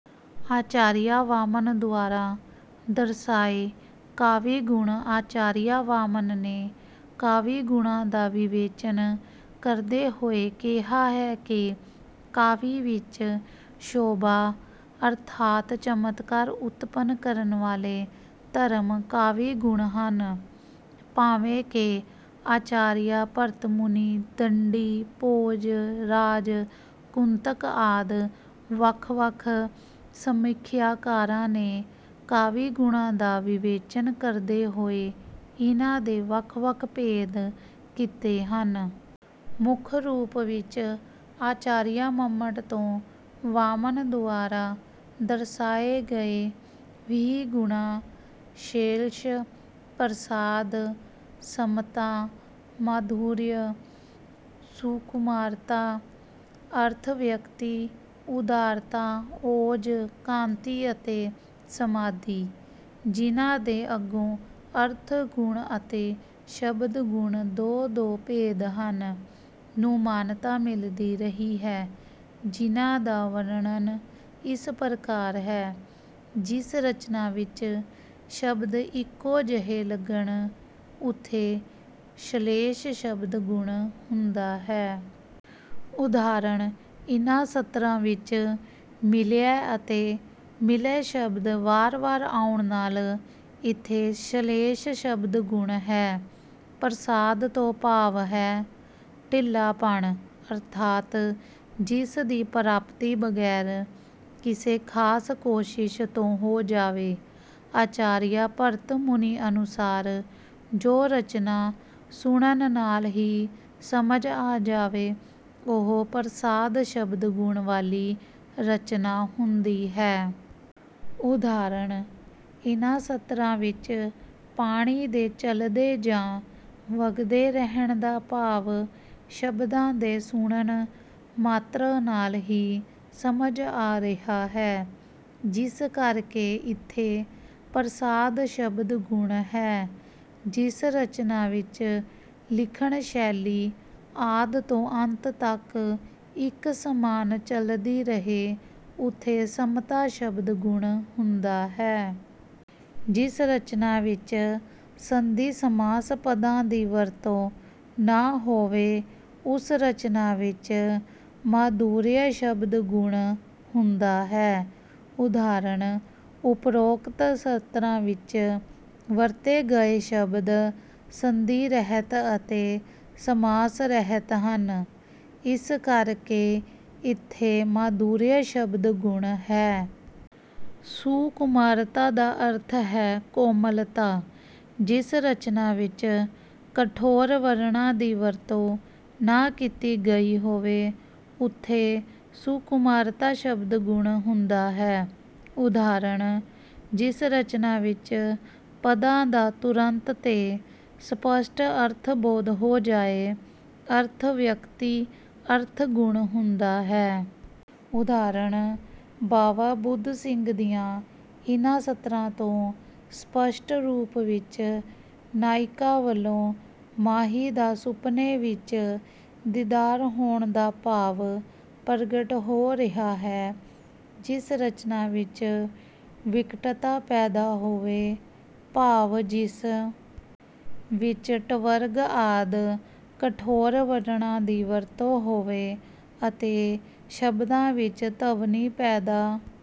ਆਚਾਰੀਆ ਵਾਮਨ ਦੁਆਰਾ ਦਰਸਾਏ ਕਾਵਿ-ਗੁਣ ਆਚਾਰੀਆ ਵਾਮਨ ਨੇ ਕਾਵਿ-ਗੁਣਾਂ ਦਾ ਵਿਵੇਚਨ ਕਰਦੇ ਹੋਏ ਕਿਹਾ ਹੈ ਕਿ ਕਾਵਿ ਵਿੱਚ ਸ਼ੋਭਾ ਅਰਥਾਤ ਚਮਤਕਾਰ ਉਤਪੰਨ ਕਰਨ ਵਾਲੇ ਧਰਮ ਕਾਵਿ-ਗੁਣ ਹਨ। ਭਾਵੇਂ ਕਿ ਆਚਾਰੀਆ ਭਰਤ ਮੁਨੀ, ਦੰਡੀ, ਭੋਜ ਰਾਜ, ਕੁੰਤਕ ਆਦਿ ਵੱਖ-ਵੱਖ ਸਮੀਖਿਆਕਾਰਾਂ ਨੇ ਕਾਵਿ-ਗੁਣਾਂ ਦਾ ਵਿਵੇਚਨ ਕਰਦੇ ਹੋਏ ਇਨ੍ਹਾਂ ਦੇ ਵੱਖ-ਵੱਖ ਭੇਦ ਕੀਤੇ ਹਨ। ਪਰ ਮੁੱਖ ਰੂਪ ਵਿੱਚ ਆਚਾਰੀਆ ਮੰਮਟ ਤੋਂ ਵਾਮਨ ਦੁਆਰਾ ਦਰਸਾਏ ਗਏ ਵੀਹ ਗੁਣਾਂ- ਸ਼ੇਲਸ਼, ਪ੍ਰਸਾਦ, ਸਮਤਾ, ਮਾਧੁਰਯ, ਸੁਕੁਮਾਰਤਾ, ਅਰਥ-ਵਿਅਕਤੀ, ਉਦਾਰਤਾ, ਓਜ, ਕਾਂਤੀ ਅਤੇ ਸਮਾਧੀ, ਜਿਨ੍ਹਾਂ ਦੇ ਅੱਗੋਂ ਅਰਥ ਗੁਣ ਅਤੇ ਸ਼ਬਦ ਗੁਣ ਦੋ-ਦੋ ਭੇਦ ਹਨ, ਨੂੰ ਮਾਨਤਾ ਮਿਲਦੀ ਰਹੀ ਹੈ, ਜਿਨ੍ਹਾਂ ਦਾ ਵਰਣਨ ਇਸ ਪ੍ਰਕਾਰ ਹੈ— ਜਿਸ ਰਚਨਾ ਵਿੱਚ ਸ਼ਬਦ ਇੱਕੋ ਜਿਹੇ ਲੱਗਣ, ਉਥੇ ਸ਼ਲੇਸ਼ ਸ਼ਬਦ ਗੁਣ ਹੁੰਦਾ ਹੈ। ਉਦਾਹਰਣ- ਇਨ੍ਹਾਂ ਸਤਰਾਂ ਵਿੱਚ 'ਮਿਲਿਐ' ਅਤੇ 'ਮਿਲੈ' ਸ਼ਬਦ ਵਾਰ-ਵਾਰ ਆਉਣ ਨਾਲ ਇਥੇ ਸ਼ਲੇਸ਼ ਸ਼ਬਦ ਗੁਣ ਹੈ। ਪ੍ਰਸਾਦ ਤੋਂ ਭਾਵ ਹੈ ਢਿੱਲਾਪਣ ਅਰਥਾਤ ਜਿਸ ਦੀ ਪ੍ਰਾਪਤੀ ਬਗ਼ੈਰ ਕਿਸੇ ਖਾਸ ਕੋਸ਼ਿਸ਼ ਤੋਂ ਹੋ ਜਾਵੇ। ਆਚਾਰੀਆ ਭਰਤ ਮੁਨੀ ਅਨੁਸਾਰ ਜੋ ਰਚਨਾ ਸੁਣਨ ਨਾਲ ਹੀ ਸਮਝ ਆ ਜਾਵੇ ਉਹ ਪ੍ਰਸਾਦ ਸ਼ਬਦ ਗੁਣ ਵਾਲੀ ਰਚਨਾ ਹੁੰਦੀ ਹੈ। ਉਦਾਹਰਣ- ਇਨ੍ਹਾਂ ਸਤਰਾਂ ਵਿੱਚ ਪਾਣੀ ਦੇ ਚਲਦੇ ਜਾਂ ਵਗਦੇ ਰਹਿਣ ਦਾ ਭਾਵ ਸ਼ਬਦਾਂ ਦੇ ਸੁਣਨ ਮਾਤ੍ਰ ਨਾਲ ਹੀ ਸਮਝ ਆ ਰਿਹਾ ਹੈ, ਜਿਸ ਕਰਕੇ ਇਥੇ ਪ੍ਰਸਾਦ ਸ਼ਬਦ ਗੁਣ ਹੈ। ਜਿਸ ਰਚਨਾ ਵਿੱਚ ਲਿਖਣ ਸ਼ੈਲੀ ਆਦਿ ਤੋਂ ਅੰਤ ਤੱਕ ਇੱਕ ਸਮਾਨ ਚਲਦੀ ਰਹੇ ਉਥੇ ਸਮਤਾ ਸ਼ਬਦ ਗੁਣ ਹੁੰਦਾ ਹੈ। ਜਿਸ ਰਚਨਾ ਵਿੱਚ ਸੰਧੀ-ਸਮਾਸ ਪਦਾਂ ਦੀ ਵਰਤੋਂ ਨਾ ਹੋਵੇ ਉਸ ਰਚਨਾ ਵਿੱਚ ਮਾਧੁਰਯ ਸ਼ਬਦ ਗੁਣ ਹੁੰਦਾ ਹੈ। ਉਦਾਹਰਣ- ਓਪਰੋਕਤ ਸਤਰਾਂ ਵਿੱਚ ਵਰਤੇ ਗਏ ਸ਼ਬਦ ਸੰਧੀ ਰਹਿਤ ਅਤੇ ਸਮਾਸ ਰਹਿਤ ਹਨ ਇਸ ਕਰਕੇ ਇਥੇ ਮਾਧੁਰਯ ਸ਼ਬਦ ਗੁਣ ਹੈ। ਸੁਕੁਮਾਰਤਾ ਦਾ ਅਰਥ ਹੈ ਕੋਮਲਤਾ। ਜਿਸ ਰਚਨਾ ਵਿੱਚ ਕਠੋਰ ਵਰਣਾਂ ਦੀ ਵਰਤੋਂ ਨਾ ਕੀਤੀ ਗਈ ਹੋਵੇ ਉਥੇ ਸੁਕੁਮਾਰਤਾ ਸ਼ਬਦ ਗੁਣ ਹੁੰਦਾ ਹੈ। ਉਦਾਹਰਣ- ਜਿਸ ਰਚਨਾ ਵਿੱਚ ਪਦਾਂ ਦਾ ਤੁਰੰਤ ਤੇ ਸਪਸ਼ਟ ਅਰਥ ਬੋਧ ਹੋ ਜਾਏ, ਅਰਥ-ਵਿਅਕਤੀ ਅਰਥ ਗੁਣ ਹੁੰਦਾ ਹੈ। ਉਦਾਹਰਣ- ਬਾਵਾ ਬੁੱਧ ਸਿੰਘ ਦੀਆਂ ਇਨ੍ਹਾਂ ਸਤਰਾਂ ਤੋਂ ਸਪਸ਼ਟ ਰੂਪ ਵਿੱਚ ਨਾਇਕਾ ਵੱਲੋਂ ਮਾਹੀ ਦਾ ਸੁਪਨੇ ਵਿੱਚ ਦੀਦਾਰ ਹੋਣ ਦਾ ਭਾਵ ਪ੍ਰਗਟ ਹੋ ਰਿਹਾ ਹੈ। ਜਿਸ ਰਚਨਾ ਵਿੱਚ ਵਿਕਟਤਾ ਪੈਦਾ ਹੋਵੇ, ਭਾਵ ਜਿਸ ਵਿੱਚ ਟਵਰਗ ਆਦਿ ਕਠੋਰ ਵਰਣਾਂ ਦੀ ਵਰਤੋਂ ਹੋਵੇ ਅਤੇ ਸ਼ਬਦਾਂ ਵਿੱਚ ਧ੍ਵਨੀ ਪੈਦਾ